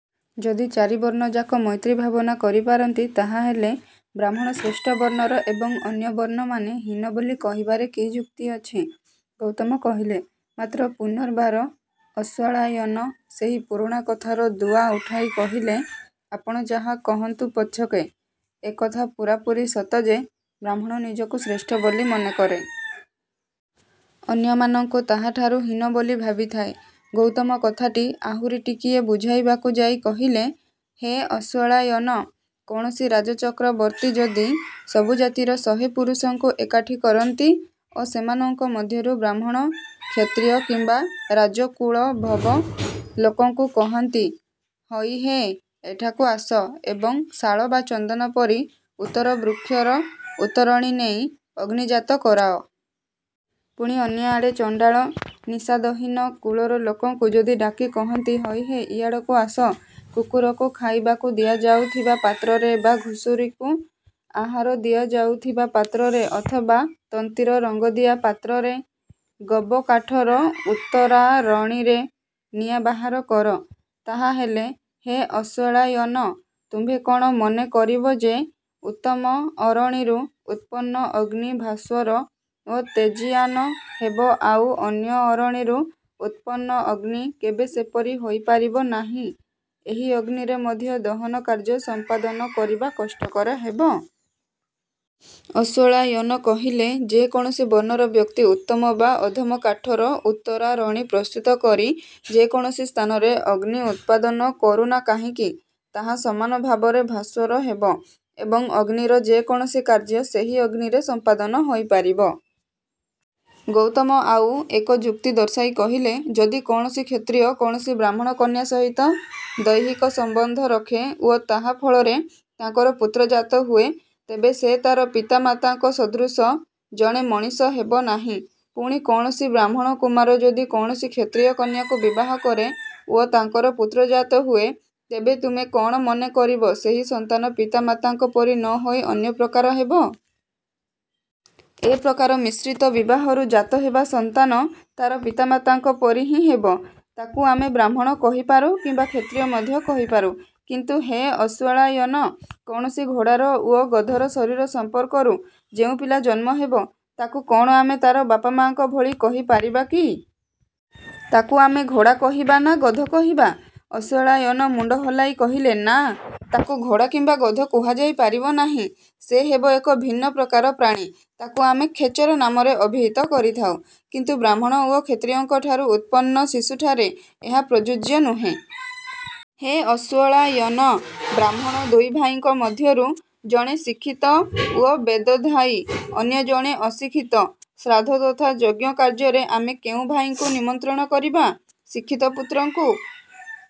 ଯଦି ଚାରିବର୍ଣ୍ଣଯାକ ମୈତ୍ରୀଭାବନା କରିପାରନ୍ତି, ତାହା ହେଲେ ବ୍ରାହ୍ମଣ ଶ୍ରେଷ୍ଠ ବର୍ଣ୍ଣର ଏବଂ ଅନ୍ୟ ବର୍ଣ୍ଣମାନେ ହୀନ ବୋଲି କହିବାରେ କି ଯୁକ୍ତି ଅଛି? ଗୌତମ କହିଲେ। ମାତ୍ର ପୂନର୍ବାର ଅଶ୍ୱଳାୟନ ସେହି ପୁରୁଣା କଥାର ଦୁଆ ଉଠାଇ କହିଲେ ଆପଣ ଯାହା କହନ୍ତୁ ପଛକେ, ଏକଥା ପୂରାପୂରି ସତ ଯେ ବ୍ରାହ୍ମଣ ନିଜକୁ ଶ୍ରେଷ୍ଠ ବୋଲି ମନେକରେ। ଅନ୍ୟମାନଙ୍କୁ ତାହାଠାରୁ ହୀନ ବୋଲି ଭାବିଥାଏ। ଗୌତମ କଥାଟି ଆହୁରି ଟିକିଏ ବୁଝାଇବାକୁ ଯାଇ କହିଲେ, ହେ ଅଶ୍ୱଳାୟନ! କୌଣସି ରାଜଚକ୍ରବର୍ତ୍ତୀ ଯଦି। ସବୁ ଜାତିର ଶହେ ପୁରୁଷଙ୍କୁ ଏକାଠି କରନ୍ତି ଓ ସେମାନଙ୍କ ମଧ୍ୟରୁ ବ୍ରାହ୍ମଣ, କ୍ଷତ୍ରିୟ କିମ୍ୱା ରାଜକୁଳୋଦ୍ଭବ ଲୋକଙ୍କୁ କହନ୍ତି, ହଇହେ ଏଠାକୁ ଆସ ଏବଂ ଶାଳ ବା ଚନ୍ଦନ ପରି ଉତ୍ତର ବୃକ୍ଷର ଉତ୍ତରଣି ନେଇ ଅଗ୍ନିଜାତ କରାଅ। ପୁଣି ଅନ୍ୟଆଡ଼େ ଚଣ୍ଡାଳ, ନିଷାଦହୀନ କୁଳର ଲୋକଙ୍କୁ ଯଦି ଡାକି କହନ୍ତି ହଇହେ ଇଆଡ଼କୁ ଆସ-କୁକୁରକୁ ଖାଇବାକୁ ଦିଆଯାଉଥିବା ପାତ୍ରରେ ବା ଘୁଷୁରିକୁ ଆହାର ଦିଆଯାଉଥିବା ପାତ୍ରରେ ଅଥବା ତନ୍ତୀର ରଙ୍ଗଦିଆ ପାତ୍ରରେ-ଗବ କାଠର ଉତ୍ତରାରଣିରେ ନିଆଁ ବାହାର କର, ତାହାହେଲେ ହେ ଅଶ୍ୱଳାୟନ ତୁମ୍ଭେ କଣ ମନେ କରିବ ଯେ ଉତ୍ତମ ଅରଣିରୁ ଉତ୍ପନ୍ନ ଅଗ୍ନି ଭାସ୍ୱର ଓ ତେଜିୟାନ ହେବ ଆଉ ଅନ୍ୟ ଅରଣିରୁ ଉତ୍ପନ୍ନ ଅଗ୍ନି କେବେ ସେପରି ହୋଇପାରିବ ନାହିଁ-ଏହି ଅଗ୍ନିରେ ମଧ୍ୟ ଦହନ କାର୍ଯ୍ୟ ସମ୍ପାଦନ କରିବା କଷ୍ଟକର ହେବ? ଅଶ୍ୱଳାୟନ କହିଲେ, ଯେ କୌଣସି ବର୍ଣ୍ଣର ବ୍ୟକ୍ତି ଉତ୍ତମ ବା ଅଧମକାଠର ଉତ୍ତରାରଣି ପ୍ରସ୍ତୁତ କରି ଯେ କୌଣସି ସ୍ଥାନରେ ଅଗ୍ନି ଉତ୍ପାଦନ କରୁନା କାହିଁକି ତାହା ସମାନ ଭାବରେ ଭାସ୍ୱର ହେବ ଏବଂ ଅଗ୍ନିର ଯେ କୌଣସି କାର୍ଯ୍ୟ ସେହି ଅଗ୍ନିରେ ସମ୍ପାଦନ ହୋଇପାରିବ-। ଗୌତମ ଆଉ ଏକ ଯୁକ୍ତି ଦର୍ଶାଇ କହିଲେ, ଯଦି କୌଣସି କ୍ଷତ୍ରିୟ କୌଣସି ବ୍ରାହ୍ମଣ କନ୍ୟା ସହିତ ଦୈହିକ ସମ୍ବନ୍ଧ ରଖେ ଓ ତାହା ଫଳରେ ତାଙ୍କର ପୁତ୍ର ଜାତହୁଏ ତେବେ ସେ ତାର ପିତା ମାତାଙ୍କ ସଦୃଶ ଜଣେ ମଣିଷ ହେବନାହିଁ? ପୁଣି କୌଣସି ବ୍ରାହ୍ମଣ କୁମାର ଯଦି କୌଣସି କ୍ଷତ୍ରିୟ କନ୍ୟାକୁ ବିବାହ କରେ ଓ ତାଙ୍କର ପୁତ୍ର ଜାତ ହୁଏ, ତେବେ ତୁମେ କଣ ମନେ କରିବ ସେହି ସନ୍ତାନ ପିତା ମାତାଙ୍କ ପରି ନ ହୋଇ ଅନ୍ୟ ପ୍ରକାର ହେବ? ଏ ପ୍ରକାର ମିଶ୍ରିତ ବିବାହରୁ ଜାତ ହେବା ସନ୍ତାନ ତାର ପିତାମାତାଙ୍କ ପରି ହିଁ ହେବ। ତାକୁ ଆମେ ବ୍ରାହ୍ମଣ କହିପାରୁ କିମ୍ୱା କ୍ଷତ୍ରିୟ ମଧ୍ୟ କହିପାରୁ। କିନ୍ତୁ ହେ ଅଶ୍ୱଳାୟନ! କୌଣସି ଘୋଡ଼ାର ଓ ଗଧର ଶରୀର ସମ୍ପର୍କରୁ ଯେଉଁ ପିଲା ଜନ୍ମ ହେବ ତାକୁ କଣ ଆମେ ତାର ବାପ ମାଙ୍କ ଭଳି କହି ପାରିବା କି? ତାକୁ ଆମେ ଘୋଡ଼ା କହିବା ନା ଗଧ କହିବା? ଅଶ୍ୱଳାୟନ ମୁଣ୍ଡ ହଲାଇ କହିଲେ ନା, ତାକୁ ଘୋଡ଼ା କିମ୍ୱା ଗଧ କୁହାଯାଇ ପାରିବ ନାହିଁ। ସେ ହେବ ଏକ ଭିନ୍ନ ପ୍ରକାର ପ୍ରାଣୀ। ତାକୁ ଆମେ ଖେଚର ନାମରେ ଅଭିହିତ କରିଥାଉ। କିନ୍ତୁ ବ୍ରାହ୍ମଣ ଏବଂ କ୍ଷତ୍ରିୟଠାରୁ ଉତ୍ପନ ଶିଶୁଠାରେ ଏହା ପ୍ରଯୁଜ୍ୟ ନୁହେଁ। ହେ ଅଶ୍ୱଳାୟନ! ବ୍ରାହ୍ମଣ ଦୁଇଭାଇଙ୍କ ମଧ୍ୟରୁ ଜଣେ ଶିକ୍ଷିତ ଓ ବେଦଧ୍ୟାୟୀ। ଅନ୍ୟ ଜଣେ ଅଶିକ୍ଷିତ। ଶ୍ରାଦ୍ଧ ତଥା ଯଜ୍ଞ କାର୍ଯ୍ୟରେ ଆମେ କେଉଁ ଭାଇଙ୍କୁ ନିମନ୍ତ୍ରଣ କରିବା? ଶିକ୍ଷିତ ପୁତ୍ରଙ୍କୁ